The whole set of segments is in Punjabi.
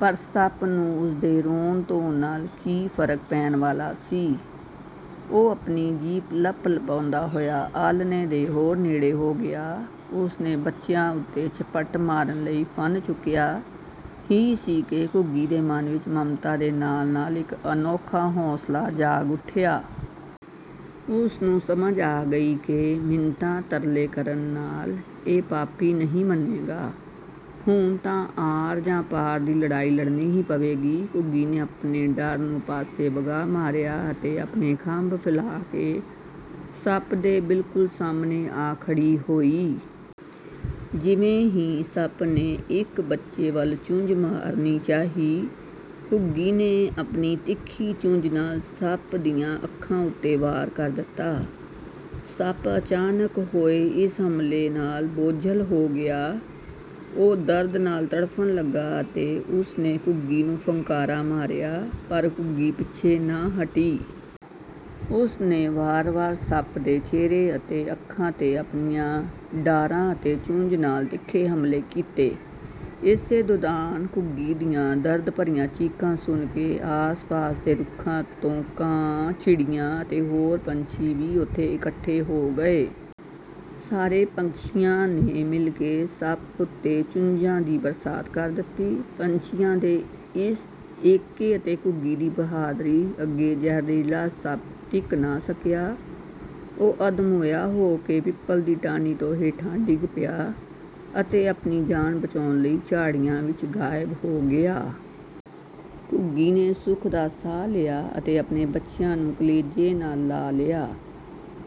ਪਰ ਸੱਪ ਨੂੰ ਉਸ ਦੇ ਰੋਣ-ਧੋਣ ਨਾਲ ਕੀ ਫ਼ਰਕ ਪੈਣ ਵਾਲਾ ਸੀ! ਉਹ ਆਪਣੀ ਜੀਭ ਲਪਲਪਾਉਂਦਾ ਹੋਇਆ ਆਹਲਣੇ ਦੇ ਹੋਰ ਨੇੜੇ ਹੋ ਗਿਆ। ਉਸ ਨੇ ਬੱਚਿਆਂ ਉੱਤੇ ਝਪਟ ਮਾਰਨ ਲਈ ਫਣ ਚੁੱਕਿਆ ਹੀ ਸੀ ਕਿ ਘੁੱਗੀ ਦੇ ਮਨ ਵਿੱਚ ਮਮਤਾ ਦੇ ਨਾਲ-ਨਾਲ ਇੱਕ ਅਨੋਖਾ ਹੌਂਸਲਾ ਜਾਗ ਉੱਠਿਆ। ਉਸ ਨੂੰ ਸਮਝ ਆ ਗਈ ਕਿ ਮਿੰਨਤਾਂ-ਤਰਲੇ ਕਰਨ ਨਾਲ ਇਹ ਪਾਪੀ ਨਹੀਂ ਮੰਨੇਗਾ, ਹੁਣ ਤਾਂ ਆਰ ਜਾਂ ਪਾਰ ਦੀ ਲੜਾਈ ਲੜਨੀ ਹੀ ਪਵੇਗੀ। ਘੁੱਗੀ ਨੇ ਆਪਣੇ ਡਰ ਨੂੰ ਪਾਸੇ ਵਗਾਹ ਮਾਰਿਆ ਅਤੇ ਆਪਣੇ ਖੰਭ ਫੈਲਾ ਕੇ ਸੱਪ ਦੇ ਬਿਲਕੁਲ ਸਾਹਮਣੇ ਆ ਖੜ੍ਹੀ ਹੋਈ। ਜਿਵੇਂ ਹੀ ਸੱਪ ਨੇ ਇੱਕ ਬੱਚੇ ਵੱਲ ਚੁੰਝ ਮਾਰਨੀ ਚਾਹੀ, ਘੁੱਗੀ ਨੇ ਆਪਣੀ ਤਿੱਖੀ ਚੁੰਝ ਨਾਲ ਸੱਪ ਦੀਆਂ ਅੱਖਾਂ ਉੱਤੇ ਵਾਰ ਕਰ ਦਿੱਤਾ! ਸੱਪ ਅਚਾਨਕ ਹੋਏ ਇਸ ਹਮਲੇ ਨਾਲ ਬੋਝਲ ਹੋ ਗਿਆ। ਉਹ ਦਰਦ ਨਾਲ ਤੜਫਣ ਲੱਗਾ ਅਤੇ ਉਸ ਨੇ ਘੁੱਗੀ ਨੂੰ ਫੁੰਕਾਰਾ ਮਾਰਿਆ, ਪਰ ਘੁੱਗੀ ਪਿੱਛੇ ਨਾ ਹਟੀ। ਉਸ ਨੇ ਵਾਰ-ਵਾਰ ਸੱਪ ਦੇ ਚਿਹਰੇ ਅਤੇ ਅੱਖਾਂ 'ਤੇ ਆਪਣੀਆਂ ਡਾਰਾਂ ਅਤੇ ਚੁੰਝ ਨਾਲ ਤਿੱਖੇ ਹਮਲੇ ਕੀਤੇ। ਇਸੇ ਦੌਰਾਨ ਘੁੱਗੀ ਦੀਆਂ ਦਰਦ ਭਰੀਆਂ ਚੀਕਾਂ ਸੁਣ ਕੇ ਆਸ-ਪਾਸ ਦੇ ਰੁੱਖਾਂ ਤੋਂ ਕਾਂ, ਚਿੜੀਆਂ ਅਤੇ ਹੋਰ ਪੰਛੀ ਵੀ ਉੱਥੇ ਇਕੱਠੇ ਹੋ ਗਏ। ਸਾਰੇ ਪੰਛੀਆਂ ਨੇ ਮਿਲ ਕੇ ਸੱਪ ਉੱਤੇ ਚੁੰਝਾਂ ਦੀ ਬਰਸਾਤ ਕਰ ਦਿੱਤੀ। ਪੰਛੀਆਂ ਦੇ ਇਸ ਏਕੇ ਅਤੇ ਘੁੱਗੀ ਦੀ ਬਹਾਦਰੀ ਅੱਗੇ ਜ਼ਹਿਰੀਲਾ ਸੱਪ ਟਿਕ ਨਾ ਸਕਿਆ। ਉਹ ਅੱਧਮੋਇਆ ਹੋ ਕੇ ਪਿੱਪਲ ਦੀ ਟਾਹਣੀ ਤੋਂ ਹੇਠਾਂ ਡਿੱਗ ਪਿਆ ਅਤੇ ਆਪਣੀ ਜਾਨ ਬਚਾਉਣ ਲਈ ਝਾੜੀਆਂ ਵਿੱਚ ਗਾਇਬ ਹੋ ਗਿਆ। ਘੁੱਗੀ ਨੇ ਸੁੱਖ ਦਾ ਸਾਹ ਲਿਆ ਅਤੇ ਆਪਣੇ ਬੱਚਿਆਂ ਨੂੰ ਕਲੇਜੇ ਨਾਲ ਲਾ ਲਿਆ।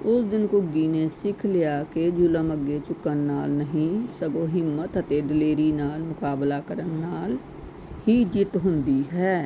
ਉਸ ਦਿਨ ਘੁੱਗੀ ਨੇ ਸਿੱਖ ਲਿਆ ਕਿ ਜ਼ੁਲਮ ਅੱਗੇ ਝੁਕਣ ਨਾਲ ਨਹੀਂ, ਸਗੋਂ ਹਿੰਮਤ ਅਤੇ ਦਲੇਰੀ ਨਾਲ ਮੁਕਾਬਲਾ ਕਰਨ ਨਾਲ ਹੀ ਜਿੱਤ ਹੁੰਦੀ ਹੈ।